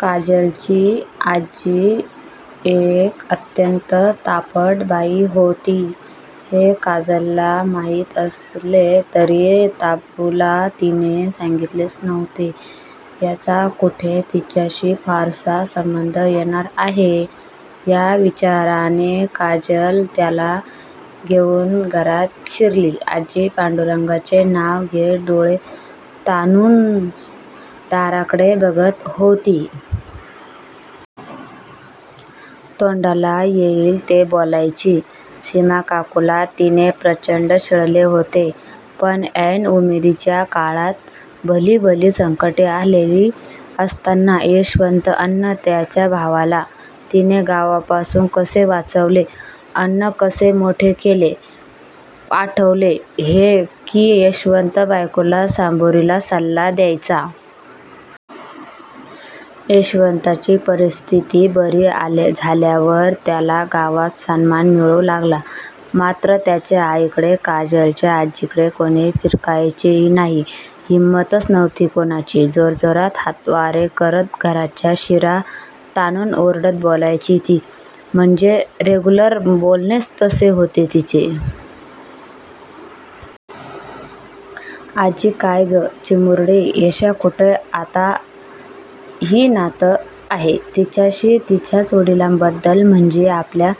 काजलची आजी ही एक अत्यंत तापट बाई होती हे काजलला माहीत असले तरी दिपूला तिने सांगीतलेच नव्हते. 'याचा कुठे तिच्याशी फारसा संबंध येणार आहे' या विचाराने काजल त्याला घेऊन घरात शिरली. आजी पांडुरंगाचे नाव घेत डोळे ताणून दाराकडे बघत होती. तोंडाला येईल ते बोलायची. सीमाकाकूला तिने प्रचंड छळले होते. पण ऐन उमेदीच्या काळात भलीभली संकटे आलेली असताना यशवंत अन त्याच्या भावाला तिने गावापासून कसे वाचवले अन कसे मोठे केले हे आठवले की यशवंत बायकोला सबुरीचा सल्ला द्यायचा. यशवंतची परिस्थिती बरी झाल्यावर त्याला गावात सन्मान मिळू लागला. मात्र त्याच्या आईकडे, काजलच्या आजीकडे कुणी फिरकायचेही नाही. हिम्मतच नव्हती कुणाची. जोरजोरात हातवारे करत घशाच्या शिरा ताणून ओरडत बोलायची ती! म्हणजे, रेग्युलर बोलणेच तसे होते तिचे! आजी काय गं चिमुरडे? येश्या कुठंय? आता ही नात आहे. तिच्याशी तिच्याच वडिलांबद्दल, म्हणजे आपल्या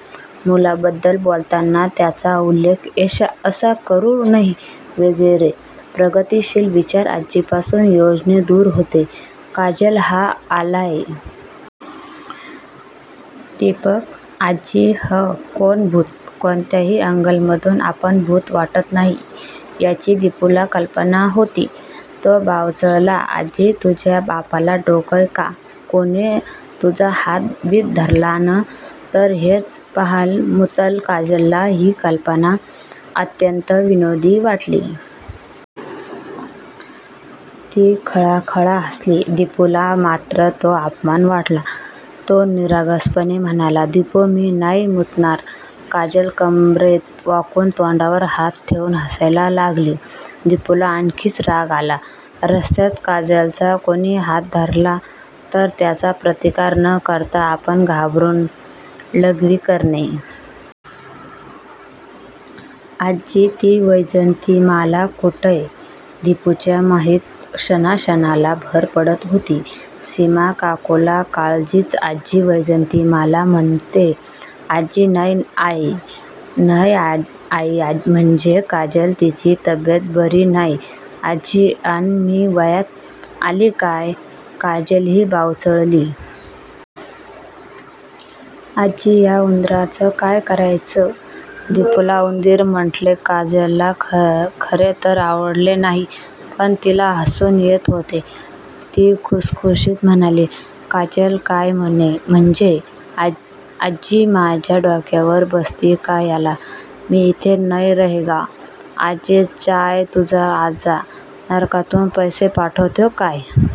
मुलाबद्दल बोलताना त्याचा उल्लेख 'येश्या' असा करू नये वगैरे प्रगतीशील विचार आजीपासून योजने दूर होते. काजल हा आलाय. दीपक आजी ह्यं कोण भूत? कोणत्याही अँगलमधून आपण भूत वाटत नाही याची दिपूला कल्पना होती. तो बावचळला. आजी तुझ्या बापाला डोकंय का? कुनी तुझा हात बित धरलान तर ह्यंच पह्यलं मुतंल, काजलला ही कल्पना अत्यंत विनोदी वाटली. ती खळाखळा हसली. दिपूला मात्र तो अपमान वाटला. तो निरागसपणे म्हणाला: दिपू मी नय मुतणार! काजल कंबरेत वाकून तोंडावर हात ठेवून हसायला लागली. दिपूला आणखीनच राग आला. रस्त्यात काजलचा कुणी हात धरला तर त्याचा प्रतिकार न करता आपण घाबरून लघ्वी करणे याला दुसरा काय पर्याय असू शकतो याचा दिपू विचार करू लागला. आजी ती वैजयंतीमाला कुटंय? दिपूच्या माहितीत क्षणाक्षणाला भर पडत होती. सीमाकाकूला काजलची आजी वैजयंतीमाला म्हणते. आजी नय आयी? नय आयी म्हणजे? काजल तिची तब्येत बरी नय आजी अन मी वयात आलीय काय? काजलही बावचळली. आजी ह्या उंदराचं काय करायचंय? दिपूला उंदीर म्हंटलेले काजलला खरे तर आवडले नाही, पण तिला हसूच येत होते. ती खुसखुसत म्हणाली: काजल काय म्हंजे? आजी माझ्या डोक्यावर बसवतीयस का ह्याला? हा इथे नय रहेंगा, आजी चाय तुझा आजा नरकातून पैसे पाठवतोय काय हितं?